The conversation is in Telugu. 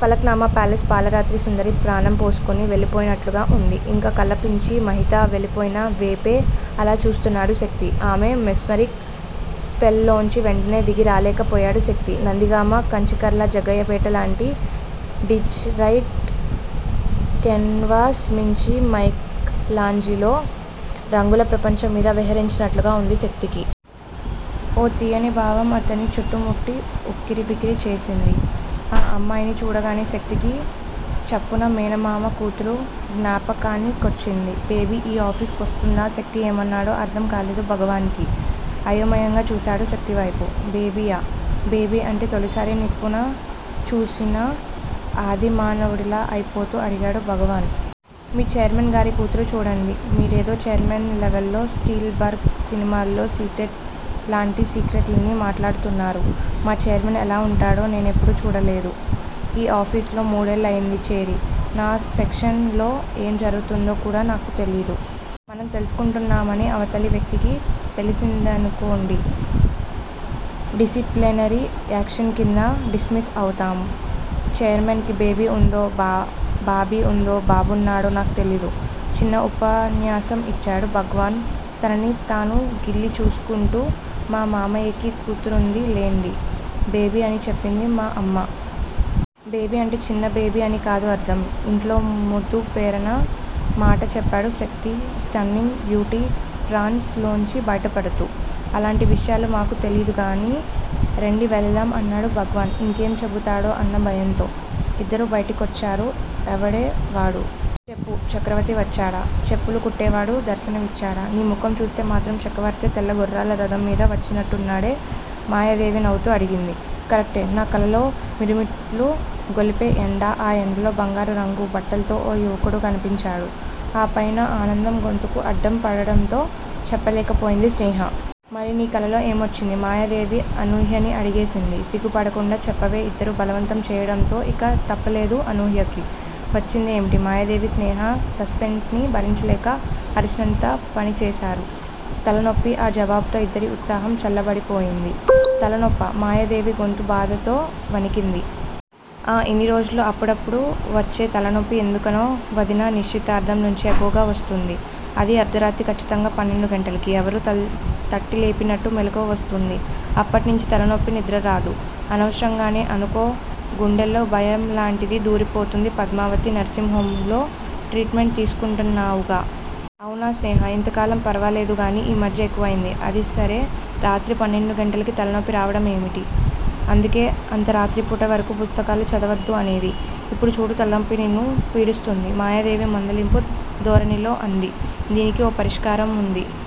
ఫలక్ నూమా ప్యాలెస్ పాలరాతి సుందరి ప్రాణం పోసుకొని వెళ్ళిపోయినట్లుగా ఉంది. ఇంకా కళ్ళప్పించి, మహిత వెళ్ళిపోయిన వేపే అలా చూస్తున్నాడు శక్తి. ఆమె మెస్మరిక్ స్పెల్ లోంచి వెంటనే దిగి రాలేక పోయాడు శక్తి. నందిగామ, కంచికచర్ల, జగ్గయ్యపేట లాంటి డిజర్టెడ్ కేన్వాస్ మీంచి మైకలాంజిలో రంగుల ప్రపంచం మీద విహరించినట్లుగా ఉంది శక్తికి. ఓ తియ్యని భావం అతన్ని చుట్టుముట్టి ఉక్కిరిబిక్కిరి చేసింది. ఆ అమ్మాయిని చూడగానే శక్తికి చప్పున మేనమామ కూతురు జ్ఞాపకానికొచ్చింది. బేబీ ఈ ఆఫీసు కొస్తుందా శక్తి ఏమన్నాడో అర్థం కాలేదు భగవాన్ కి. అయోమయంగా చూసాడు శక్తివైపు. బేబీయా బేబీ అంటే తొలిసారి నిప్పుని చూసిన ఆది మానవుడిలా అయిపోతూ అడిగాడు భగవాన్. మీ ఛైర్మన్ గారి కూతురు చూడండి- మీరేదో ఛైర్మన్ లెవల్లో స్టిల్ బర్గ్ సినిమాల్లో, సీక్రెట్స్ లాంటి సీక్రెట్లన్నీ మాట్లాడుతున్నారు. మా ఛైర్మన్ ఎలా ఉంటాడో నేనెప్పుడూ చూడలేదు- ఈ ఆఫీసులో మూడేళ్ళయ్యింది చేరి. నా సెక్షన్ లో ఏం జరుగుతుందో కూడా నాకు తెలీదు. మనం తెలుసుకుంటున్నామని, అవతలి వ్యక్తికి తెల్సిందనుకోండి- డిసిప్లినరీ యాక్షన్ కింద, డిస్మిస్ అవుతాం. ఛైర్మన్ కి బేబీ ఉందో బాబీ ఉందో, బాబున్నాడో నాకు తెలీదు చిన్న ఉపన్యాసం ఇచ్చాడు భగవాన్ తనని తాను గిల్లి చూసుకుంటూ. మా మామయ్యకి కూతురుంది లెండి. బేబీ అని చెప్పింది మా అమ్మ. బేబీ అంటే చిన్న బేబీ అని కాదు అర్థం ఇంట్లో ముద్దు పేరన్న మాట చెప్పాడు శక్తి స్టన్నింగ్ బ్యూటీ ట్రాన్స్ లోంచి బయటపడుతూ. అలాంటి విషయాలు మాకు తెలీదుగానీ- రండి వెళదాం అన్నాడు భగవాన్ ఇంకేం చెబుతాడో అన్న భయంతో. ఇద్దరూ బయటికొచ్చారు. ఎవడే వాడు? చెప్పు- చక్రవర్తి వచ్చాడా? చెప్పులు కుట్టేవాడు దర్శనమిచ్చాడా? నీ ముఖం చూస్తే మాత్రం చక్రవర్తే తెల్లగుర్రాల రథం మీద వచ్చినట్టున్నాడే మాయాదేవి నవ్వుతూ అడిగింది. కరెక్టే- నా కలలో మిరుమిట్లు గొలిపే ఎండ, ఆ ఎండలో బంగారు రంగు బట్టలతో ఓ యువకుడు కనిపించాడు ఆపైన ఆనందం గొంతుకు అడ్డం పడడంతో చెప్పలేకపోయింది స్నేహ. మరి నీ కలలో ఏమొచ్చింది? మాయాదేవి అనూహ్యని అడిగేసింది. సిగ్గుపడకుండా చెప్పవే ఇద్దరూ బలవంతం చేయడంతో ఇక తప్పలేదు అనూహ్యకి. వచ్చింది ఏమిటి? మాయాదేవి స్నేహ సస్పెన్స్ ని భరించలేక అరిచినంత పనిచేశారు. తలనొప్పి ఆ జవాబుతో ఇద్దరి ఉత్సాహం చల్లబడిపోయింది. తలనొప్పా? మాయాదేవి గొంతు బాధతో వణికింది. ఆ- ఇన్నిరోజులు అప్పుడప్పుడు వచ్చే తలనొప్పి ఎందుకనో వదినా నిశ్చితార్థం నుంచి ఎక్కువగా వస్తోంది. అదీ అర్థరాత్రి ఖచ్చితంగా పన్నెండు గంటలకి. ఎవరో తట్టిలేపినట్టు మెలకువ వస్తోంది, అప్పట్నించీ తలనొప్పి, నిద్రరాదు. అనవసరంగానే అనుకో గుండెల్లో భయంలాంటిది దూరిపోతోంది పద్మావతి నర్శింగ్ హోమ్ లో ట్రీట్ మెంట్ తీసుకుంటున్నావుగా! అవునే స్నేహా. ఇంతకాలం ఫరవాలేదుగానీ ఈ మధ్యే ఎక్కువైంది. అది సరే- రాత్రి పన్నెండుగంటలకి తలనొప్పి రావడమేమిటి? అందుకే అంత రాత్రిపూట వరకు పుస్తకాలు చదవద్దు అనేది. ఇప్పుడు చూడు తలనొప్పి నిన్ను పీడిస్తోంది మాయాదేవి మందలింపు ధోరణిలో అంది. దీనికి ఓ పరిష్కారం వుంది.